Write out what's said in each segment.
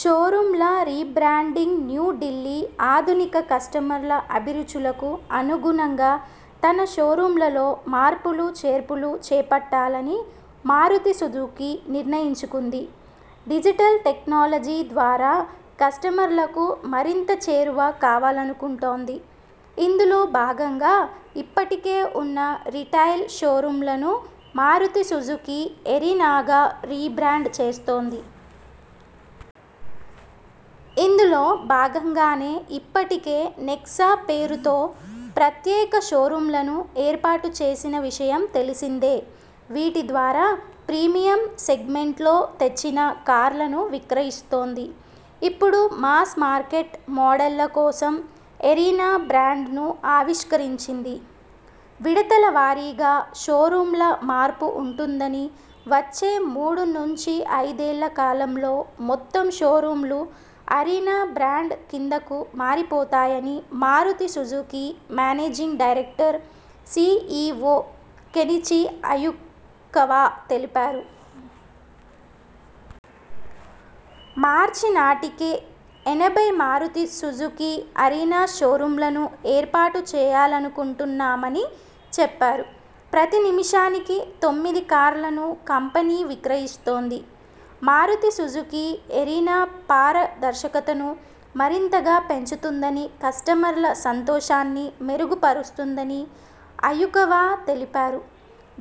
షోరూమ్ల rebranding New Delhi ఆధునిక కస్టమర్ల అభిరుచులకు అనుగుణంగా తన షోరూమ్లలో మార్పులు చేర్పులు చేపట్టాలని మారుతి సుజుకీ నిర్ణయించుకుంది. డిజిటల్ టెక్నాలజీ ద్వారా కస్టమర్లకు మరింత చేరువ కావాలనుకుంటోంది. ఇందులో భాగంగా ఇప్పటికే ఉన్న రిటైల్ షోరూమ్లను మారుతి సుజుకీ ఎరీనాగా రీబ్రాండ్ చేస్తోంది. ఇందులో భాగంగానే ఇప్పటికే నెక్సా పేరుతో ప్రత్యేక షోరూమ్లను ఏర్పాటు చేసిన విషయం తెలిసిందే. వీటి ద్వారా ప్రీమియం సెగ్మెంట్లో తెచ్చిన కార్లను విక్రయిస్తోంది. ఇప్పుడు మాస్ మార్కెట్ మోడళ్ల కోసం ఎరీనా బ్రాండ్ను ఆవిష్కరించింది. విడతల వారీగా షోరూమ్ల మార్పు ఉంటుందని, వచ్చే మూడు నుంచి ఐదేళ్ల కాలంలో మొత్తం షోరూమ్లు అరీనా బ్రాండ్ కిందకు మారిపోతాయని Maruti Suzuki managing director, CEO Kenichi Ayukawa తెలిపారు. మార్చి నాటికి ఎనభై మారుతి సుజుకీ అరీనా షోరూమ్లను ఏర్పాటు చేయాలనుకుంటున్నామని చెప్పారు. ప్రతి నిమిషానికి తొమ్మిది కార్లను కంపెనీ విక్రయిస్తోంది. మారుతి సుజుకీ ఎరీనా పార దర్శకతను మరింతగా పెంచుతుందని, కస్టమర్ల సంతోషాన్ని మెరుగు పరుస్తుందని అయుకవా తెలిపారు.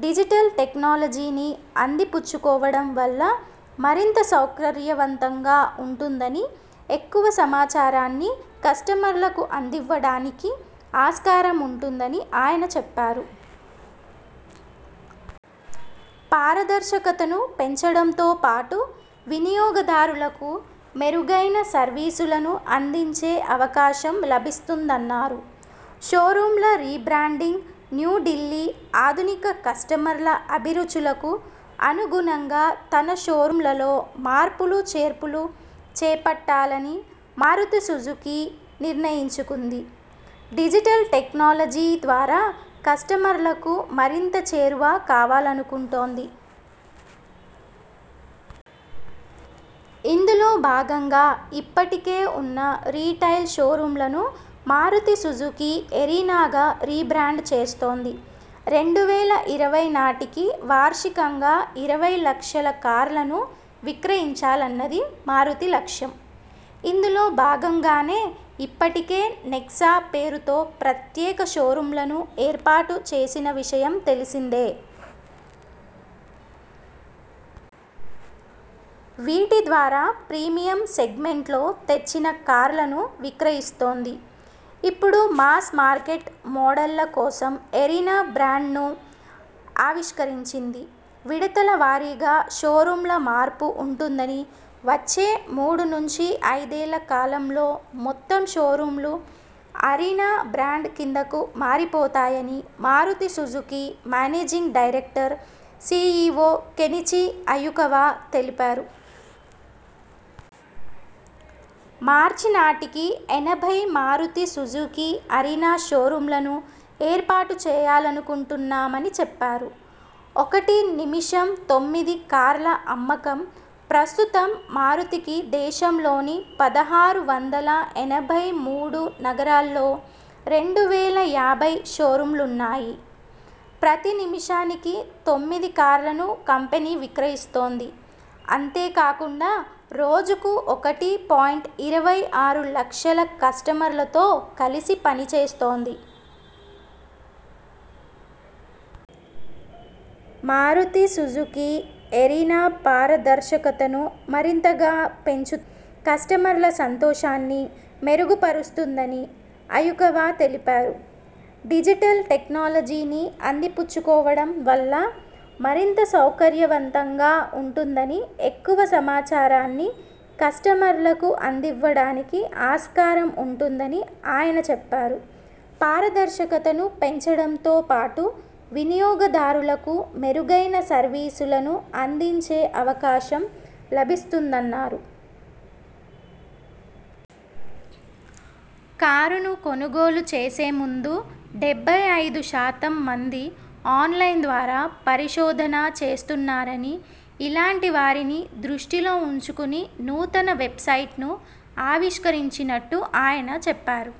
డిజిటల్ టెక్నాలజీని అంది పుచ్చుకోవడం వల్ల మరింత సౌకర్యవంతంగా ఉంటుందని, ఎక్కువ సమాచారాన్ని కస్టమర్లకు అందివ్వడానికి ఆస్కారం ఉంటుందని ఆయన చెప్పారు. పారదర్శకతను పెంచడంతో పాటు వినియోగదారులకు మెరుగైన సర్వీసులను అందించే అవకాశం లభిస్తుందన్నారు. షోరూమ్ల రీబ్రాండింగ్ న్యూ ఢిల్లీ ఆధునిక కస్టమర్ల అభి రుచులకు అనుగుణంగా తన షోరూమ్లలో మార్పులు చేర్పులు చేపట్టాలని మారుతి సుజుకీ నిర్ణయించుకుంది. డిజిటల్ టెక్నాలజీ ద్వారా కస్టమర్లకు మరింత చేరువ కావాలనుకుంటోంది. ఇందులో భాగంగా ఇప్పటికే ఉన్న రిటైల్ షోరూమ్లను మారుతి సుజుకీ ఎరీనాగా రీబ్రాండ్ చేస్తోంది. రెండు వేల ఇరవై నాటికి వార్షికంగా ఇరవై లక్షల కార్లను విక్రయించాలన్నది మారుతి లక్ష్యం. ఇందులో భాగం గానే ఇప్పటికే నెక్సా పేరుతో ప్రత్యేక షోరూమ్లను ఏర్పాటు చేసిన విషయం తెలిసిందే. వీటి ద్వారా ప్రీమియం సెగ్మెంట్లో తెచ్చిన కార్లను విక్రయిస్తోంది. ఇప్పుడు మాస్ మార్కెట్ మోడళ్ల కోసం ఎరీనా బ్రాండ్ను ఆవిష్కరించింది. విడతల వారీగా షోరూమ్ల మార్పు ఉంటుందని, వచ్చే మూడు నుంచి ఐదేళ్ల కాలంలో మొత్తం షోరూమ్లు అరీనా బ్రాండ్ కిందకు మారిపోతాయని Maruti Suzuki managing director, CEO Kenichi Ayukawa తెలిపారు. మార్చి నాటికి ఎనభై మారుతి సుజుకీ అరీనా షోరూమ్లను ఏర్పాటు చేయాలనుకుంటున్నామని చెప్పారు. ఒకటి నిమిషం తొమ్మిది కార్ల అమ్మకం ప్రస్తుతం మారుతికి దేశంలోని పదహారు వందల ఎనభై మూడు నగరాల్లో రెండు వేల యాభై షోరూమ్లున్నాయి. ప్రతి నిమిషానికి తొమ్మిది కార్లను కంపెనీ విక్రయిస్తోంది. అంతే కాకుండా రోజుకు ఒకటి పాయింట్ ఇరవై ఆరు లక్షల కస్టమర్లతో కలిసి పనిచేస్తోంది. మారుతి సుజుకీ ఎరీనా పార దర్శకతను మరింతగా పెంచుతుందని, కస్టమర్ల సంతోషాన్ని మెరుగు పరుస్తుందని అయుకవా తెలిపారు. డిజిటల్ టెక్నాలజీని అంది పుచ్చుకోవడం వల్ల మరింత సౌకర్యవంతంగా ఉంటుందని, ఎక్కువ సమాచారాన్ని కస్టమర్లకు అందివ్వడానికి ఆస్కారం ఉంటుందని ఆయన చెప్పారు. పార దర్శకతను పెంచడంతో పాటు వినియోగ దారులకు మెరుగైన సర్వీసులను అందించే అవకాశం లభిస్తుందన్నారు. కారును కొనుగోలు చేసే ముందు డెబ్బై ఐదు శాతం మంది ఆన్లైన్ ద్వారా పరిశోధనా చేస్తున్నారని, ఇలాంటి వారిని దృష్టిలో ఉంచుకుని నూతన వెబ్సైట్ను ఆవిష్కరించినట్టు ఆయన చెప్పారు.